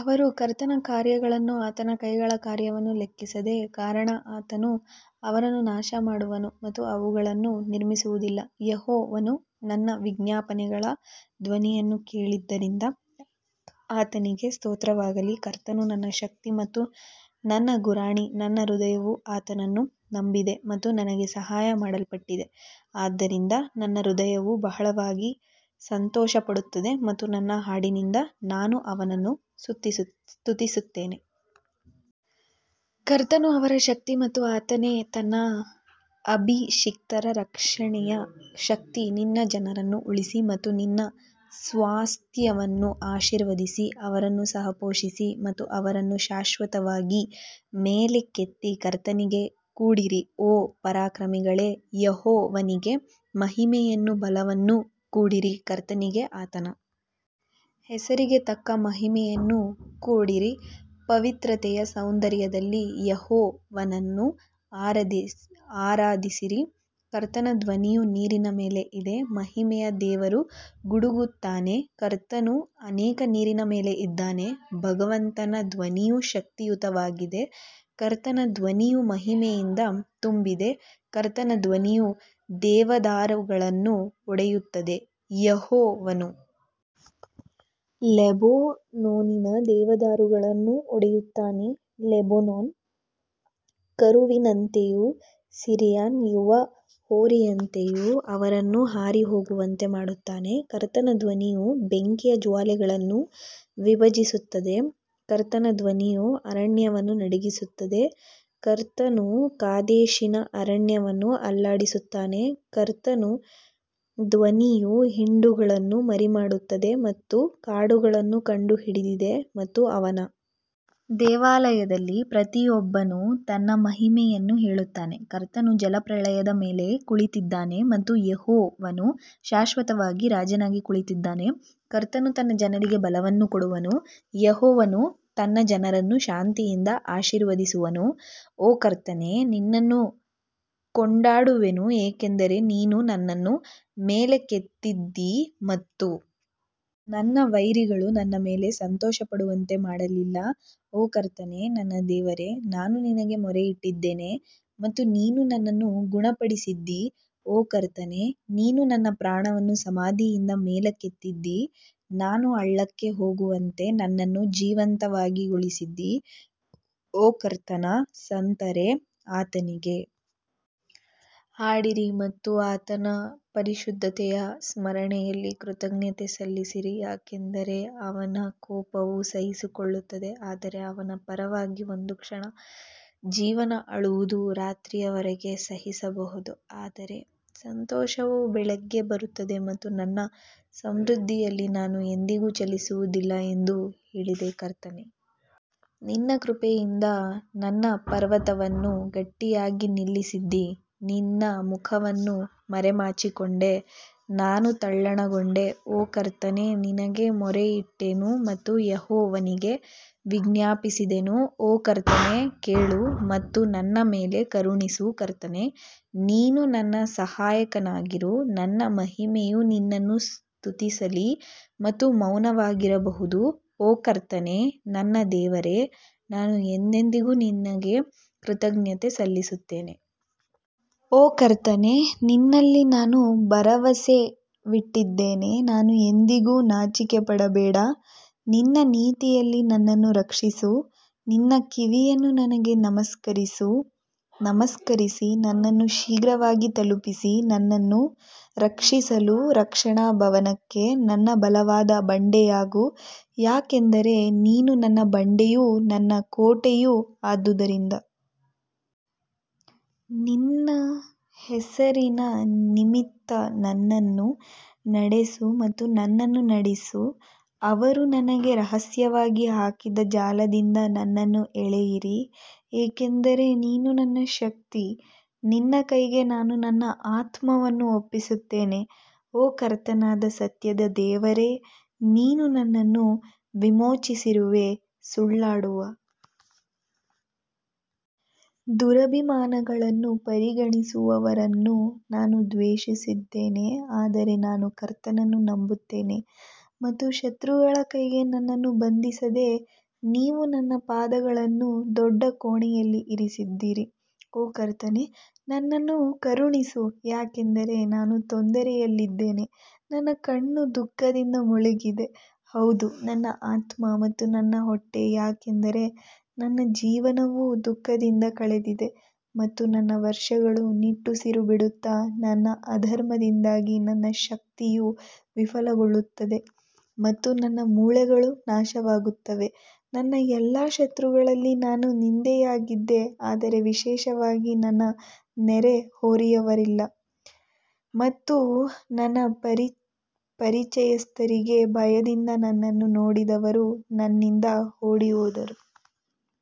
ಅವರು ಕರ್ತನ ಕಾರ್ಯಗಳನ್ನೂ ಆತನ ಕೈಗಳ ಕಾರ್ಯವನ್ನೂ ಲೆಕ್ಕಿಸದ ಕಾರಣ ಆತನು ಅವರನ್ನು ನಾಶಮಾಡುವನು ಮತ್ತು ಅವುಗಳನ್ನು ನಿರ್ಮಿಸುವುದಿಲ್ಲ ಯೆಹೋವನು ನನ್ನ ವಿಜ್ಞಾಪನೆಗಳ ಧ್ವನಿಯನ್ನು ಕೇಳಿದ್ದರಿಂದ ಆತನಿಗೆ ಸ್ತೋತ್ರವಾಗಲಿ ಕರ್ತನು ನನ್ನ ಶಕ್ತಿ ಮತ್ತು ನನ್ನ ಗುರಾಣಿ ನನ್ನ ಹೃದಯವು ಆತನನ್ನು ನಂಬಿದೆ ಮತ್ತು ನನಗೆ ಸಹಾಯ ಮಾಡಲ್ಪಟ್ಟಿದೆ ಆದ್ದರಿಂದ ನನ್ನ ಹೃದಯವು ಬಹಳವಾಗಿ ಸಂತೋಷಪಡುತ್ತದೆ ಮತ್ತು ನನ್ನ ಹಾಡಿನಿಂದ ನಾನು ಅವನನ್ನು ಸ್ತುತಿಸುತ್ತೇನೆ. ಕರ್ತನು ಅವರ ಶಕ್ತಿ ಮತ್ತು ಆತನೇ ತನ್ನ ಅಭಿಷಿಕ್ತರ ರಕ್ಷಣೆಯ ಶಕ್ತಿ ನಿನ್ನ ಜನರನ್ನು ಉಳಿಸಿ ಮತ್ತು ನಿನ್ನ ಸ್ವಾಸ್ತ್ಯವನ್ನು ಆಶೀರ್ವದಿಸಿ ಅವರನ್ನು ಸಹ ಪೋಷಿಸಿ ಮತ್ತು ಅವರನ್ನು ಶಾಶ್ವತವಾಗಿ ಮೇಲಕ್ಕೆತ್ತಿ ಕರ್ತನಿಗೆ ಕೊಡಿರಿ ಓ ಪರಾಕ್ರಮಿಗಳೇ ಯೆಹೋವನಿಗೆ ಮಹಿಮೆಯನ್ನೂ ಬಲವನ್ನೂ ಕೊಡಿರಿ ಕರ್ತನಿಗೆ ಆತನ ಹೆಸರಿಗೆ ತಕ್ಕ ಮಹಿಮೆಯನ್ನು ಕೊಡಿರಿ, ಪವಿತ್ರತೆಯ ಸೌಂದರ್ಯದಲ್ಲಿ ಯೆಹೋವನನ್ನು ಆರಾಧಿಸಿರಿ ಕರ್ತನ ಧ್ವನಿಯು ನೀರಿನ ಮೇಲೆ ಇದೆ ಮಹಿಮೆಯ ದೇವರು ಗುಡುಗುತ್ತಾನೆ ಕರ್ತನು ಅನೇಕ ನೀರಿನ ಮೇಲೆ ಇದ್ದಾನೆ ಭಗವಂತನ ಧ್ವನಿಯು ಶಕ್ತಿಯುತವಾಗಿದೆ ಕರ್ತನ ಧ್ವನಿಯು ಮಹಿಮೆಯಿಂದ ತುಂಬಿದೆ ಕರ್ತನ ಧ್ವನಿಯು ದೇವದಾರುಗಳನ್ನು ಒಡೆಯುತ್ತದೆ, ಯೆಹೋವನು ಲೆಬನೋನಿನ ದೇವದಾರುಗಳನ್ನು ಒಡೆಯುತ್ತಾನೆ ಲೆಬನೋನ್ ಕರುವಿನಂತೆಯೂ ಸಿರಿಯನ್ ಯುವ ಹೋರಿಯಂತೆಯೂ ಅವರನ್ನು ಹಾರಿಹೋಗುವಂತೆ ಮಾಡುತ್ತಾನೆ ಕರ್ತನ ಧ್ವನಿಯು ಬೆಂಕಿಯ ಜ್ವಾಲೆಗಳನ್ನು ವಿಭಜಿಸುತ್ತದೆ ಕರ್ತನ ಧ್ವನಿಯು ಅರಣ್ಯವನ್ನು ನಡುಗಿಸುತ್ತದೆ ಕರ್ತನು ಕಾದೇಶಿನ ಅರಣ್ಯವನ್ನು ಅಲ್ಲಾಡಿಸುತ್ತಾನೆ ಕರ್ತನ ಧ್ವನಿಯು ಹಿಂಡುಗಳನ್ನು ಮರಿಮಾಡುತ್ತದೆ ಮತ್ತು ಕಾಡುಗಳನ್ನು ಕಂಡುಹಿಡಿದಿದೆ ಮತ್ತು ಅವನ ದೇವಾಲಯದಲ್ಲಿ ಪ್ರತಿಯೊಬ್ಬನು ತನ್ನ ಮಹಿಮೆಯನ್ನು ಹೇಳುತ್ತಾನೆ ಕರ್ತನು ಜಲಪ್ರಳಯದ ಮೇಲೆ ಕುಳಿತಿದ್ದಾನೆ ಮತ್ತು ಯೆಹೋವನು ಶಾಶ್ವತವಾಗಿ ರಾಜನಾಗಿ ಕುಳಿತಿದ್ದಾನೆ ಕರ್ತನು ತನ್ನ ಜನರಿಗೆ ಬಲವನ್ನು ಕೊಡುವನು, ಯೆಹೋವನು ತನ್ನ ಜನರನ್ನು ಶಾಂತಿಯಿಂದ ಆಶೀರ್ವದಿಸುವನು ಓ ಕರ್ತನೇ ನಿನ್ನನ್ನು ಕೊಂಡಾಡುವೆನು ಏಕೆಂದರೆ ನೀನು ನನ್ನನ್ನು ಮೇಲಕ್ಕೆತ್ತಿದ್ದೀ ಮತ್ತು ನನ್ನ ವೈರಿಗಳು ನನ್ನ ಮೇಲೆ ಸಂತೋಷಪಡುವಂತೆ ಮಾಡಲಿಲ್ಲ ಓ ಕರ್ತನೇ ನನ್ನ ದೇವರೇ, ನಾನು ನಿನಗೆ ಮೊರೆಯಿಟ್ಟಿದ್ದೇನೆ ಮತ್ತು ನೀನು ನನ್ನನ್ನು ಗುಣಪಡಿಸಿದ್ದೀ ಓ ಕರ್ತನೇ, ನೀನು ನನ್ನ ಪ್ರಾಣವನ್ನು ಸಮಾಧಿಯಿಂದ ಮೇಲಕ್ಕೆತ್ತಿದ್ದೀ, ನಾನು ಹಳ್ಳಕ್ಕೆ ಹೋಗದಂತೆ ನನ್ನನ್ನು ಜೀವಂತಗೊಳಿಸಿದ್ದೀ ಓ ಕರ್ತನ ಸಂತರೇ ಆತನಿಗೆ ಹಾಡಿರಿ ಮತ್ತು ಆತನ ಪರಿಶುದ್ಧತೆಯ ಸ್ಮರಣೆಯಲ್ಲಿ ಕೃತಜ್ಞತೆ ಸಲ್ಲಿಸಿರಿ ಯಾಕಂದರೆ ಅವನ ಕೋಪವು ಸಹಿಸಿಕೊಳ್ಳುತ್ತದೆ ಆದರೆ ಅವನ ಪರವಾಗಿ ಒಂದು ಕ್ಷಣ ಜೀವನ ಅಳುವುದು ರಾತ್ರಿಯವರೆಗೆ ಸಹಿಸಬಹುದು ಆದರೆ ಸಂತೋಷವು ಬೆಳಿಗ್ಗೆ ಬರುತ್ತದೆ ಮತ್ತು ನನ್ನ ಸಮೃದ್ಧಿಯಲ್ಲಿ ನಾನು ಎಂದಿಗೂ ಚಲಿಸುವುದಿಲ್ಲ ಎಂದು ಹೇಳಿದೆ ಕರ್ತನೇ ನಿನ್ನ ಕೃಪೆಯಿಂದ ನನ್ನ ಪರ್ವತವನ್ನು ಗಟ್ಟಿಯಾಗಿ ನಿಲ್ಲಿಸಿದ್ದೀ ನಿನ್ನ ಮುಖವನ್ನು ಮರೆಮಾಚಿಕೊಂಡೆ ನಾನು ತಲ್ಲಣಗೊಂಡೆ ಓ ಕರ್ತನೇ ನಿನಗೆ ಮೊರೆಯಿಟ್ಟೆನು ಮತ್ತು ಯೆಹೋವನಿಗೆ ವಿಜ್ಞಾಪಿಸಿದೆನು ಓ ಕರ್ತನೇ ಕೇಳು ಮತ್ತು ನನ್ನ ಮೇಲೆ ಕರುಣಿಸು ಕರ್ತನೇ ನೀನು ನನ್ನ ಸಹಾಯಕನಾಗಿರು ನನ್ನ ಮಹಿಮೆಯು ನಿನ್ನನ್ನು ಸ್ತುತಿಸಲಿ ಮತ್ತು ಮೌನವಾಗಿರಬಾರದು, ಓ ಕರ್ತನೇ ನನ್ನ ದೇವರೇ, ನಾನು ಎಂದೆಂದಿಗೂ ನಿನಗೆ ಕೃತಜ್ಞತೆ ಸಲ್ಲಿಸುತ್ತೇನೆ. ಓ ಕರ್ತನೇ ನಿನ್ನಲ್ಲಿ ನಾನು ಭರವಸವಿಟ್ಟಿದ್ದೇನೆ ನಾನು ಎಂದಿಗೂ ನಾಚಿಕೆಪಡಬೇಡ ನಿನ್ನ ನೀತಿಯಲ್ಲಿ ನನ್ನನ್ನು ರಕ್ಷಿಸು ನಿನ್ನ ಕಿವಿಯನ್ನು ನನಗೆ ನಮಸ್ಕರಿಸಿ ನನ್ನನ್ನು ಶೀಘ್ರವಾಗಿ ತಲುಪಿಸಿ ನನ್ನನ್ನು ರಕ್ಷಿಸಲು ರಕ್ಷಣಾ ಭವನಕ್ಕೆ ನನ್ನ ಬಲವಾದ ಬಂಡೆಯಾಗು ಯಾಕಂದರೆ ನೀನು ನನ್ನ ಬಂಡೆಯೂ ನನ್ನ ಕೋಟೆಯೂ ಆದುದರಿಂದ ನಿನ್ನ ಹೆಸರಿನ ನಿಮಿತ್ತ ನನ್ನನ್ನು ನಡೆಸು ಮತ್ತು ನನ್ನನ್ನು ನಡೆಸು ಅವರು ನನಗೆ ರಹಸ್ಯವಾಗಿ ಹಾಕಿದ ಜಾಲದಿಂದ ನನ್ನನ್ನು ಎಳೆಯಿರಿ ಏಕೆಂದರೆ ನೀನು ನನ್ನ ಶಕ್ತಿ ನಿನ್ನ ಕೈಗೆ ನಾನು ನನ್ನ ಆತ್ಮವನ್ನು ಒಪ್ಪಿಸುತ್ತೇನೆ, ಓ ಕರ್ತನಾದ ಸತ್ಯದ ದೇವರೇ, ನೀನು ನನ್ನನ್ನು ವಿಮೋಚಿಸಿರುವೆ ಸುಳ್ಳಾಡುವ ದುರಭಿಮಾನಗಳನ್ನು ಪರಿಗಣಿಸುವವರನ್ನು ನಾನು ದ್ವೇಷಿಸಿದ್ದೇನೆ ಆದರೆ ನಾನು ಕರ್ತನನ್ನು ನಂಬುತ್ತೇನೆ ಮತ್ತು ಶತ್ರುಗಳ ಕೈಗೆ ನನ್ನನ್ನು ಬಂಧಿಸದೆ ನೀವು ನನ್ನ ಪಾದಗಳನ್ನು ದೊಡ್ಡ ಕೋಣೆಯಲ್ಲಿ ಇರಿಸಿದ್ದೀರಿ ಓ ಕರ್ತನೇ ನನ್ನನ್ನು ಕರುಣಿಸು ಯಾಕಂದರೆ ನಾನು ತೊಂದರೆಯಲ್ಲಿದ್ದೇನೆ ನನ್ನ ಕಣ್ಣು ದುಃಖದಿಂದ ಮುಳುಗಿದೆ ಹೌದು ನನ್ನ ಆತ್ಮ ಮತ್ತು ನನ್ನ ಹೊಟ್ಟೆ ಯಾಕಂದರೆ ನನ್ನ ಜೀವನವು ದುಃಖದಿಂದ ಕಳೆದಿದೆ ಮತ್ತು ನನ್ನ ವರ್ಷಗಳು ನಿಟ್ಟುಸಿರು ಬಿಡುತ್ತಾ ನನ್ನ ಅಧರ್ಮದಿಂದಾಗಿ ನನ್ನ ಶಕ್ತಿಯು ವಿಫಲಗೊಳ್ಳುತ್ತದೆ ಮತ್ತು ನನ್ನ ಮೂಳೆಗಳು ನಾಶವಾಗುತ್ತವೆ ನನ್ನ ಎಲ್ಲಾ ಶತ್ರುಗಳಲ್ಲಿ ನಾನು ನಿಂದೆಯಾಗಿದ್ದೆ ಆದರೆ ವಿಶೇಷವಾಗಿ ನನ್ನ ನೆರೆಹೊರೆಯವರಲ್ಲಿ ಮತ್ತು ನನ್ನ ಪರಿಚಯಸ್ಥರಿಗೆ ಭಯದಿಂದ ನನ್ನನ್ನು ನೋಡಿದವರು ನನ್ನಿಂದ ಓಡಿಹೋದರು.